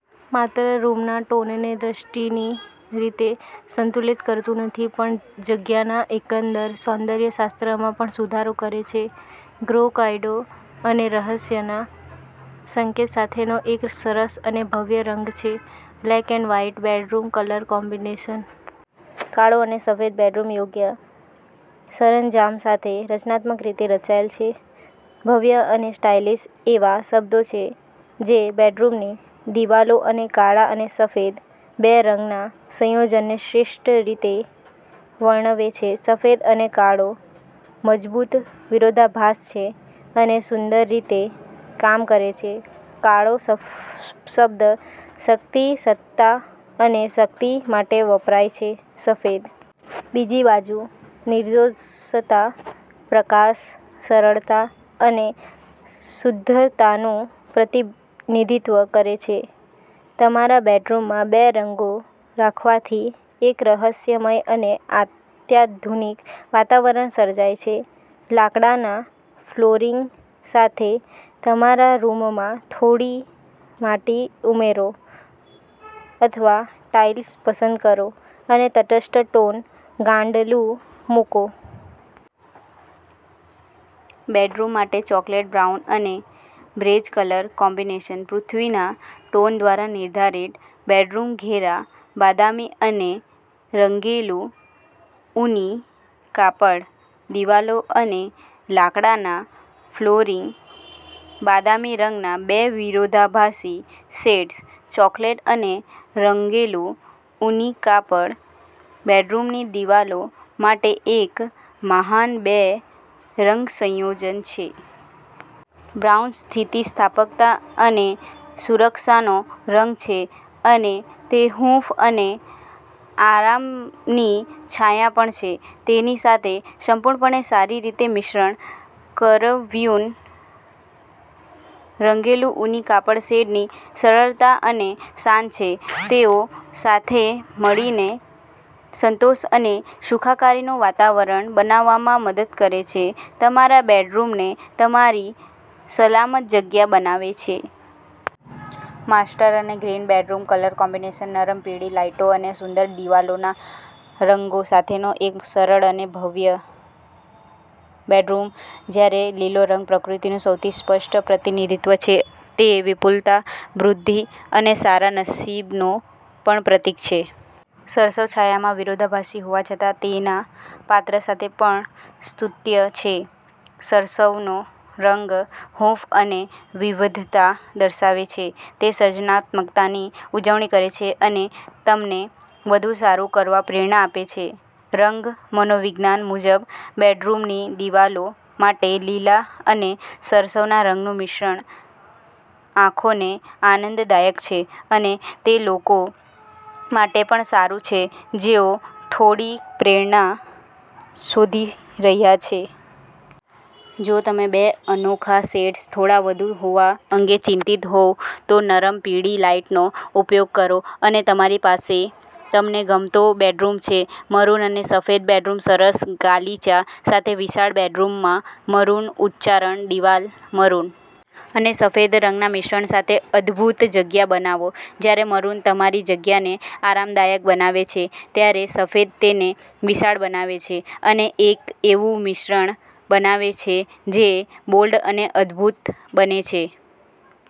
માત્ર રૂમના ટોનને દૃષ્ટિની રીતે સંતુલિત કરતું નથી પણ જગ્યાના એકંદર સૌંદર્ય શાસ્ત્રમાં પણ સુધારો કરે છે. ગ્રેકોયડો અને રહસ્યના સંકેત સાથેનો એક સરસ અને ભવ્ય રંગ છે. Black and white bedroom colour combination. કાળો અને સફેદ બેડરૂમ યોગ્ય સરંજામ સાથે રચનાત્મક રીતે રચાયેલ છે ભવ્ય અને સ્ટાઇલિશ એવા શબ્દો છે જે બેડરૂમની દિવાલો માટે કાળા અને સફેદ બે રંગના સંયોજનને શ્રેષ્ઠ રીતે વર્ણવે છે. સફેદ અને કાળો મજબૂત વિરોધાભાસ છે અને સુંદર રીતે કામ કરે છે, કાળો શબ્દ શક્તિ, સત્તા અને શક્તિ માટે વપરાય છે .સફેદ, બીજી બાજુ, નિર્દોષતા, પ્રકાશ, સરળતા અને શુદ્ધતાનું પ્રતિનિધિત્વ કરે છે. તમારા બેડરૂમમાં બે રંગો રાખવાથી એક રહસ્યમય અને અત્યાધુનિક વાતાવરણ સર્જાય છે. લાકડાના ફ્લોરિંગ સાથે તમારા રૂમમાં થોડી માટી ઉમેરો અથવા ટાઇલ્સ પસંદ કરો અને તટસ્થ-ટોન ગાદલું મૂકો. બેડરૂમ માટે ચોકલેટ બ્રાઉન અને બેજ કલર કોમ્બિનેશન .પૃથ્વીના ટોન દ્વારા નિર્ધારિત બેડરૂમઘેરા બદામી અને રંગેલું ઊની કાપડ દિવાલો અને લાકડાના ફ્લોરિંગ બદામી રંગના બે વિરોધાભાસી શેડ્સ .ચોકલેટ અને રંગેલું ઊની કાપડ બેડરૂમની દિવાલો માટે એક મહાન બે રંગ સંયોજન છે. બ્રાઉન સ્થિતિસ્થાપકતા અને સુરક્ષાનો રંગ છે, અને તે હૂંફ અને આરામની છાયા પણ છે. તેની સાથે સંપૂર્ણપણે સારી રીતે મિશ્રણ કરવુંન રંગેલું ઊની કાપડ શેડની સરળતા અને શાંત છે. તેઓ સાથે મળીને સંતોષ અને સુખાકારીનું વાતાવરણ બનાવવામાં મદદ કરે છે, તમારા બેડરૂમને તમારી સલામત જગ્યા બનાવે છે. મસ્ટર્ડ અને ગ્રીન બેડરૂમ કલર કોમ્બિનેશન. નરમ પીળી લાઇટો અને સુંદર દિવાલોના રંગો સાથેનો એક સરળ અને ભવ્ય બેડરૂમ. જ્યારે લીલો રંગ પ્રકૃતિનું સૌથી સ્પષ્ટ પ્રતિનિધિત્વ છે, તે વિપુલતા, વૃદ્ધિ અને સારા નસીબનું પણ પ્રતીક છે. સરસવ, છાયામાં વિરોધાભાસી હોવા છતાં, તેના પાત્ર સાથે પણ સ્તુત્ય છે. સરસવનો રંગ હૂંફ અને વિવિધતા દર્શાવે છે તે સર્જનાત્મકતાની ઉજવણી કરે છે અને તમને વધુ સારું કરવા પ્રેરણા આપે છે. રંગ મનોવિજ્ઞાન મુજબ, બેડરૂમની દિવાલો માટે લીલા અને સરસવના રંગનું મિશ્રણ આંખોને આનંદદાયક છે અને તે લોકો માટે પણ સારું છે જેઓ થોડી પ્રેરણા શોધી રહ્યા છે. જો તમે બે અનોખા શેડ્સ થોડા વધુ હોવા અંગે ચિંતિત હોવ, તો નરમ, પીળી લાઇટનો ઉપયોગ કરો અને તમારી પાસે તમને ગમતો બેડરૂમ છે! મરૂન અને સફેદ બેડરૂમ સરસ ગાલીચા સાથે વિશાળ બેડરૂમમાં મરૂન ઉચ્ચારણ દિવાલ .મરૂન અને સફેદ રંગના મિશ્રણ સાથે અદભૂત જગ્યા બનાવો. જ્યારે મરૂન તમારી જગ્યાને આરામદાયક બનાવે છે, ત્યારે સફેદ તેને વિશાળ બનાવે છે અને એક એવું મિશ્રણ બનાવે છે જે બોલ્ડ અને અદભૂત બંને છે.